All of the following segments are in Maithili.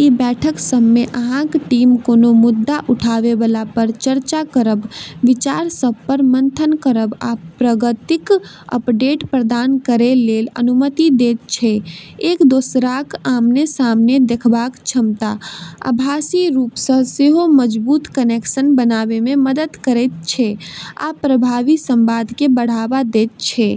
ई बैठक सभमे अहाँक टीम कोनो मुद्दा उठैवालापर चर्चा करब, विचार सभपर मंथन करब, आ प्रगतिक अपडेट प्रदान करै लेल अनुमति दैत छै। एक दोसराक आमने-सामने देखबाक क्षमता, आभासी रूपसँ सेहो, मजबूत कनेक्शन बनाबैमे मदद करैत छै आ प्रभावी संवादकेँ बढ़ावा दैत छै।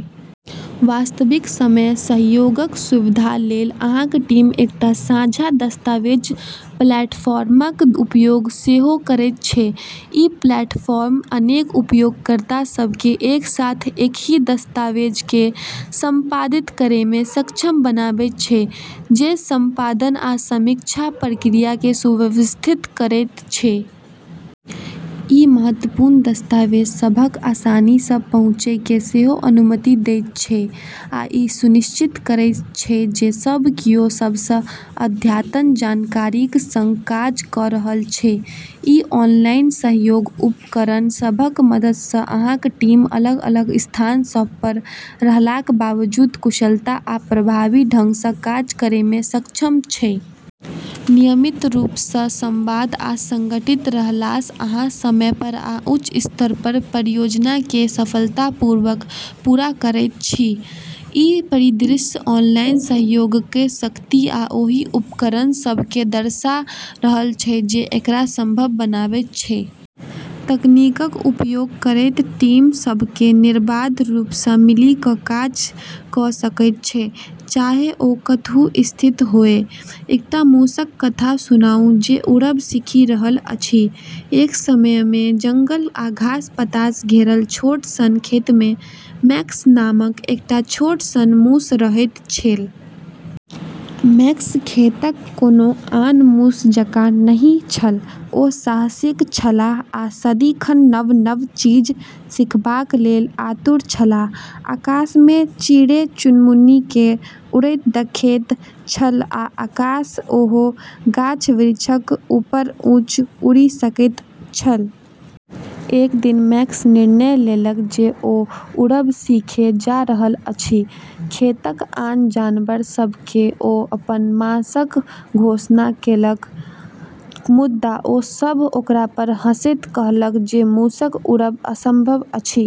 वास्तविक समय सहयोगक सुविधा लेल, अहाँक टीम एकटा साझा दस्तावेज प्लेटफॉर्मक उपयोग सेहो करैत छै। ई प्लेटफॉर्म अनेक उपयोगकर्ता सभकेँ एक साथ एकही दस्तावेजकेँ संपादित करैमे सक्षम बनाबैत छै, जे संपादन आ समीक्षा प्रक्रियाकेँ सुव्यवस्थित करैत छै। ई महत्वपूर्ण दस्तावेज सभक आसानीसँ पहुँचकेँ सेहो अनुमति दैत छै आ ई सुनिश्चित करैत छै जे सब कियो सबसँ अद्यतन जानकारीक संग काज कऽ रहल छै। ई ऑनलाइन सहयोग उपकरण सभक मददसँ, अहाँक टीम अलग-अलग स्थान सभपर रहलाक बावजूद, कुशलता आ प्रभावी ढंगसँ काज करैमे सक्षम छै। नियमित रूपसँ संवाद आ संगठित रहलासँ अहाँ समयपर आ उच्च स्तरपर परियोजनाकेँ सफलतापूर्वक पूरा करैत छी। ई परिदृश्य ऑनलाइन सहयोगक शक्ति आ ओहि उपकरण सभकेँ दर्शा रहल छै जे एकरा संभव बनाबैत छै। तकनीकक उपयोग करैत टीम सभकेँ निर्बाध रूपसँ मिलि कऽ काज कऽ सकैत छै, चाहे ओ कतहु स्थित होअए। एकटा मूसक कथा सुनाउ जे उड़ब सीखि रहल अछि। एक समयमे जंगल आ घास-पातसँ घेरल छोट सन खेतमे मैक्स नामक एकटा छोट सन मूस रहैत छल। मैक्स खेतक कोनो आन मूस जकाँ नहि छल; ओ साहसिक छलाह आ सदिखन नव-नव चीज सीखबाक लेल आतुर छलाह। आकाशमे चिड़ै-चुनमुनीकेँ उड़ैत देखैत छल आ काश, ओहो गाछ-वृक्षक ऊपर ऊँच उड़ि सकैत छल। एक दिन मैक्स निर्णय लेलक जे ओ उड़ब सीखै जा रहल अछि। खेतक आन जानवर सभकेँ ओ अपन मंशाक घोषणा केलक, मुदा ओ सभ ओकरापर हँसैत कहलक जे मूसक उड़ब असंभव अछि।